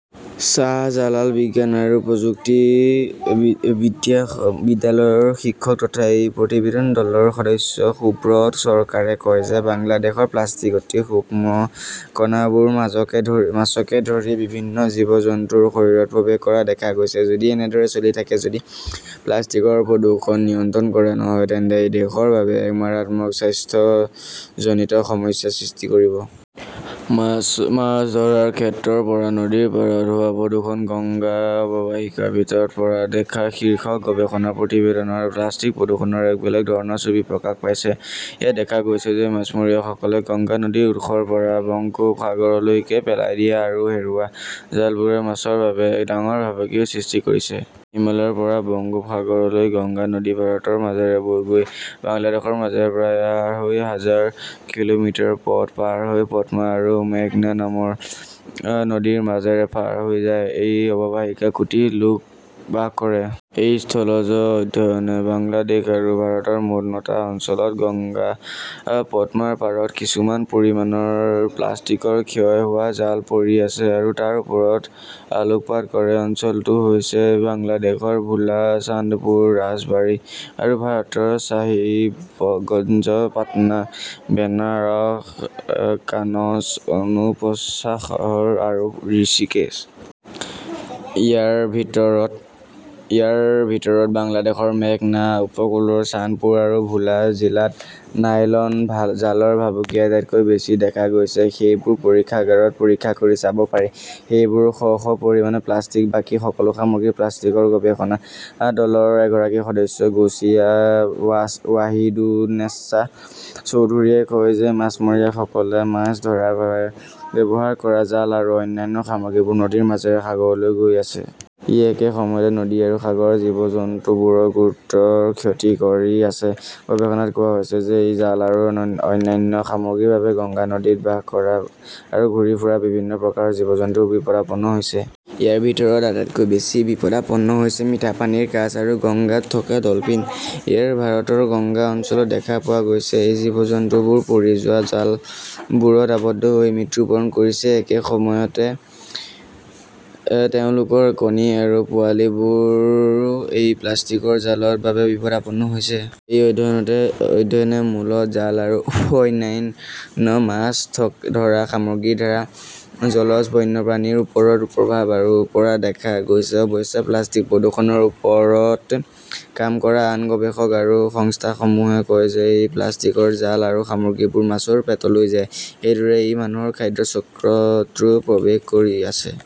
শ্বাহজালাল বিজ্ঞান আৰু প্ৰযুক্তি বিশ্ববিদ্যালয়ৰ শিক্ষক তথা এই প্ৰতিবেদন দলৰ সদস্য সুব্ৰত চৰকাৰে কয় যে, বাংলাদেশত প্লাষ্টিকৰ অতি সূক্ষ্ম কণাবোৰ মাছকে ধৰি বিভিন্ন জীৱ-জন্তুৰ শৰীৰত প্ৰৱেশ কৰা দেখা গৈছে। যদি এনেদৰে চলি থাকে, যদি প্লাষ্টিকৰ প্ৰদূষণ নিয়ন্ত্ৰণ কৰা নহয়, তেন্তে ই দেশৰ বাবে এক মাৰাত্মক স্বাস্থ্যজনীত সমস্যাৰ সৃষ্টি কৰিব। মাছ ধৰাৰ ক্ষেত্ৰৰ পৰা নদীৰ পাৰত হোৱা প্ৰদূষণ: 'গংগা অৱবাহিকাৰ ভিতৰৰ পৰা দেখা' শীৰ্ষক গৱেষণা প্ৰতিবেদনত প্লাষ্টিক প্ৰদূষণৰ এক বেলেগ ধৰণৰ ছবি প্ৰকাশ পাইছে। ইয়াত দেখা গৈছে যে মাছমৰীয়াসকলে গংগা নদীৰ উৎসৰ পৰা বংগোপসাগৰলৈকে পেলাই দিয়া আৰু হেৰুওৱা জালবোৰে মাছৰ বাবে এক ডাঙৰ ভাবুকিৰ সৃষ্টি কৰিছে। হিমালয়ৰ পৰা বংগোপসাগৰলৈ, গংগা নদী ভাৰতৰ মাজেৰে বৈ গৈ, বাংলাদেশৰ মাজেৰে প্ৰায় আঢ়ৈ হাজাৰ কিলোমিটাৰ পথ পাৰ হৈ পদ্মা আৰু মেঘনা নামৰ নদীৰ মাজেৰে পাৰ হৈ যায়। এই অৱবাহিকাত কোটি লোক বাস কৰে। এই স্থলজ অধ্যয়নে বাংলাদেশ আৰু ভাৰতৰ মুঠ নটা অঞ্চলত গংগা-পদ্মাৰ পাৰত কিমান পৰিমাণৰ প্লাষ্টিকৰ ক্ষয় হোৱা জাল পৰি আছে তাৰ ওপৰত আলোকপাত কৰে। অঞ্চলটো হৈছে বাংলাদেশৰ ভোলা, চান্দপুৰ, ৰাজবাৰী আৰু ভাৰতৰ শ্বাহিবগঞ্জ, পাটনা, বেনাৰস, কানজ, অনুপশ্বাহৰ আৰু ঋষিকেশ। ইয়াৰ ভিতৰত বাংলাদেশৰ মেঘনা উপকূলৰ চান্দপুৰ আৰু ভোলা জিলাত নাইলন জালৰ ভাবুকি আটাইতকৈ বেছি দেখা গৈছে। সেইবোৰ পৰীক্ষাগাৰত পৰীক্ষা কৰি চাব পাৰি, সেইবোৰ শ শ পৰিমাণে প্লাষ্টিকৰ। বাকী সকলো সামগ্ৰীও প্লাষ্টিকৰ। গৱেষণা দলৰ এগৰাকী সদস্য গৌচিয়া ৱাহিদুন্নেছা চৌধুৰীয়ে কয় যে, মাছমৰীয়াসকলে মাছ ধৰাৰ বাবে ব্যৱহাৰ কৰা জাল আৰু অন্যান্য সামগ্ৰীবোৰ নদীৰ মাজেৰে সাগৰলৈ গৈ আছে। ই একে সময়তে নদী আৰু সাগৰৰ জীৱ-জন্তুবোৰক গুৰুতৰ ক্ষতি কৰি আছে। গৱেষণাত কোৱা হৈছে যে এই জাল আৰু অন্যান্য সামগ্ৰীৰ বাবে গংগা নদীত বাস কৰা আৰু ঘূৰি ফুৰা বিভিন্ন প্ৰকাৰৰ জীৱ-জন্তু বিপদাপন্ন হৈছে। ইয়াৰ ভিতৰত আটাইতকৈ বেছি বিপদাপন্ন হৈছে মিঠা পানীৰ কাছ আৰু গংগাত থকা ডলফিন। ইয়াক ভাৰতৰ গংগা অঞ্চলত দেখা পোৱা গৈছে। এই জীৱ-জন্তুবোৰ পৰি যোৱা জালবোৰত আবদ্ধ হৈ মৃত্যুবৰণ কৰিছে। একে সময়তে, তেওঁলোকৰ কণী আৰু পোৱালি বোৰো এই প্লাষ্টিকৰ জালৰ বাবে বিপদাপন্ন হৈছে। এই অধ্যয়নে মূলতঃ জাল আৰু অন্যান্য মাছ ধৰা সামগ্ৰীৰ দ্বাৰা জলজ বন্যপ্ৰাণীৰ ওপৰত প্ৰভাৱ পৰা দেখা গৈছে। অৱশ্যে, প্লাষ্টিক প্ৰদূষণৰ ওপৰত কাম কৰা আন গৱেষক আৰু সংস্থাসমূহে কয় যে এই প্লাষ্টিকৰ জাল আৰু সামগ্ৰীবোৰ মাছৰ পেটলৈও যায়। এইদৰে ই মানুহৰ খাদ্য চক্ৰতো প্ৰৱেশ কৰি আছে।